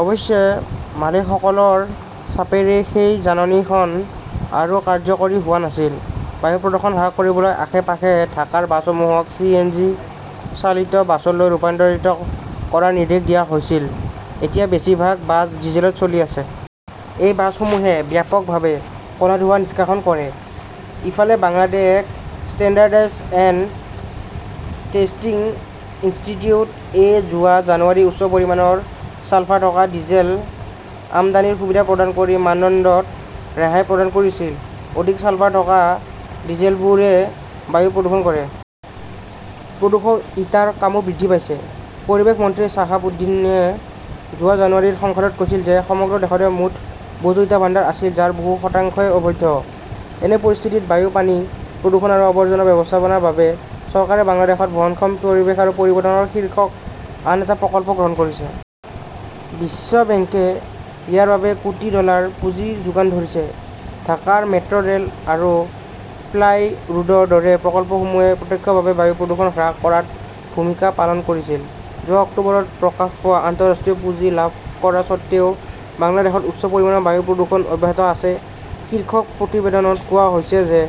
অৱশ্যে মালিকসকলৰ চাপেৰে সেই জাননীখন আৰু কাৰ্যকৰী হোৱা নাছিল। বায়ু প্ৰদূষণ হ্ৰাস কৰিবলৈ আশে পাশে ঢাকাৰ বাছসমূহক চি এন জি চালিত বাছলৈ ৰূপান্তৰিত কৰাৰ নিৰ্দেশ দিয়া হৈছিল। এতিয়া বেছিভাগ বাছ ডিজেলত চলি আছে। এই বাছসমূহে ব্যাপকভাৱে ক'লা ধোঁৱা নিষ্কাশন কৰে। ইফালে Bangladesh standards and testing institute এ যোৱা জানুৱাৰীত উচ্চ পৰিমাণৰ ছালফাৰ থকা ডিজেল আমদানিৰ সুবিধা প্ৰদান কৰি মানদণ্ডত ৰেহাই প্ৰদান কৰিছিল। অধিক ছালফাৰ থকা ডিজেলবোৰে বায়ু প্ৰদূষণ কৰে। প্ৰদূষক ইটাৰ কামো বৃদ্ধি পাইছে। পৰিৱেশ মন্ত্ৰী শ্বাহাব উদ্দীনে যোৱা জানুৱাৰীত সংসদত কৈছিল যে সমগ্ৰ দেশতে মুঠ বহুতো ইটা ভাণ্ডাৰ আছিল যাৰ বহু শতাংশই অবৈধ। এনে পৰিস্থিতিত বায়ু পানী প্ৰদূষণ আৰু আৱৰ্জনা ব্যৱস্থাপনাৰ বাবে চৰকাৰে বাংলাদেশত বহনক্ষম পৰিৱেশ আৰু পৰিৱৰ্তন শীৰ্ষক আন এটা প্ৰকল্প গ্ৰহণ কৰিছে। বিশ্ব বেংকে ইয়াৰ বাবে কোটি ডলাৰ পুঁজি যোগান ধৰিছে। ঢাকাৰ মেট্ৰ'ৰেল আৰু ফ্লাই ৰোডৰ দৰে প্ৰকল্পসমূহে প্ৰত্যক্ষভাৱে বায়ু প্ৰদূষণ হ্ৰাস কৰাত ভূমিকা পালন কৰিছিল। যোৱা অক্টোবৰত প্ৰকাশ পোৱা আন্তঃৰাষ্ট্ৰীয় পুঁজি লাভ কৰা স্বত্বেও বাংলাদেশত উচ্চ পৰিমাণৰ বায়ু প্ৰদূষণ অব্যাহত আছে শীৰ্ষক প্ৰতিবেদনত কোৱা হৈছে যে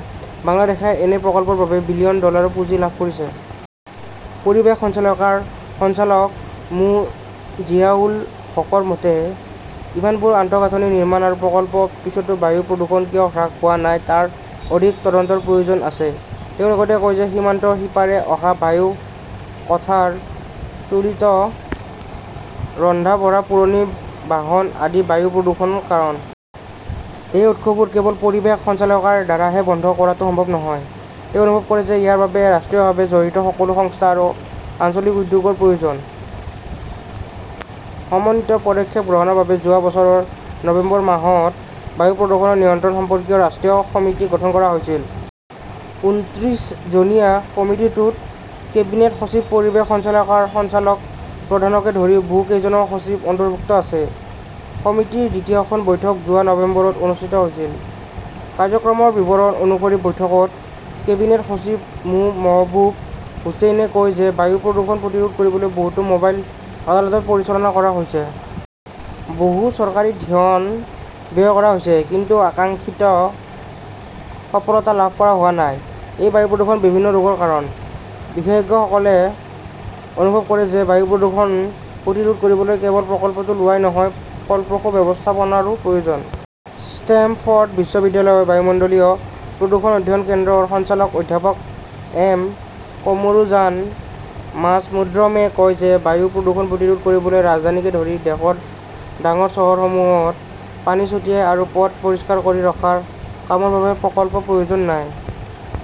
বাংলাদেশই এনে প্ৰকল্পৰ বাবে বিলিয়ন ডলাৰৰ পুঁজি লাভ কৰিছে। পৰিৱেশ সঞ্চালকালয়ৰ সঞ্চালক মো জিয়াউল হকৰ মতে ইমানবোৰ আন্তঃগাঁথনি নিৰ্মাণ আৰু প্ৰকল্পৰ পিছতো বায়ু প্ৰদূষণ কিয় হ্ৰাস হোৱা নাই তাৰ অধিক তদন্তৰ প্ৰয়োজন আছে। তেওঁ লগতে কয় যে সীমান্তৰ সিপাৰে অহা বায়ু কাঠৰ চুলিত ৰন্ধা বঢ়া পুৰণি বাহন আদি বায়ু প্ৰদূষণৰ কাৰণ। এই উৎসবোৰ কেৱল পৰিৱেশ সঞ্চালকালয়ৰ দ্বাৰাহে বন্ধ কৰাটো সম্ভৱ নহয়। তেওঁ অনুভৱ কৰে যে ইয়াৰ বাবে ৰাষ্ট্ৰীয়ভাৱে জড়িত সকলো সংস্থা আৰু আঞ্চলিক উদ্যোগৰ প্ৰয়োজন। সমন্বিত পদক্ষেপ গ্ৰহণৰ বাবে যোৱা বছৰৰ নৱেম্বৰ মাহত বায়ু প্ৰদূষণ নিয়ন্ত্ৰণ সম্পৰ্কীয় ৰাষ্ট্ৰীয় সমিতি গঠন কৰা হৈছিল। ঊনত্ৰিশজনীয়া সমিতিটোত কেবিনেট সচিব পৰিৱেশ সঞ্চালকালয়ৰ সঞ্চালক প্ৰধানকে ধৰি বহুকেইজন সচিব অন্তৰ্ভুক্ত আছে। সমিতিৰ দ্বিতীয়খন বৈঠক যোৱা নৱেম্বৰত অনুষ্ঠিত হৈছিল। কাৰ্যক্ৰমৰ বিৱৰণ অনুসৰি বৈঠকত কেবিনেট সচিব মো মহবূব হুচেইনে কয় যে বায়ু প্ৰদূষণ প্ৰতিৰোধ কৰিবলৈ বহুতো মোবাইল আদালত পৰিচালনা কৰা হৈছে। বহু চৰকাৰী ধন ব্যয় কৰা হৈছে। কিন্তু আকাংক্ষিত সফলতা লাভ কৰা হোৱা নাই। এই বায়ু প্ৰদূষণ বিভিন্ন ৰোগৰ কাৰণ। বিশেষজ্ঞসকলে অনুভৱ কৰে যে বায়ু প্ৰদূষণ প্ৰতিৰোধ কৰিবলৈ কেৱল প্ৰকল্পটো লোৱাই নহয় ফলপ্ৰসূ ব্যৱস্থাপনাৰো প্ৰয়োজন। ষ্টেমফৰ্ড বিশ্ববিদ্যালয়ৰ বায়ুমণ্ডলীয় প্ৰদূষণ অধ্যয়ন কেন্দ্ৰৰ সঞ্চালক অধ্যাপক এম কামৰুজান মাজমুদ্ৰমে কয় যে বায়ু প্ৰদূষণ প্ৰতিৰোধ কৰিবলৈ ৰাজধানীকে ধৰি দেশৰ ডাঙৰ চহৰসমূহত পানী ছটিয়াই আৰু পথ পৰিষ্কাৰ কৰি ৰখাৰ কামৰ বাবে প্ৰকল্পৰ প্ৰয়োজন নাই।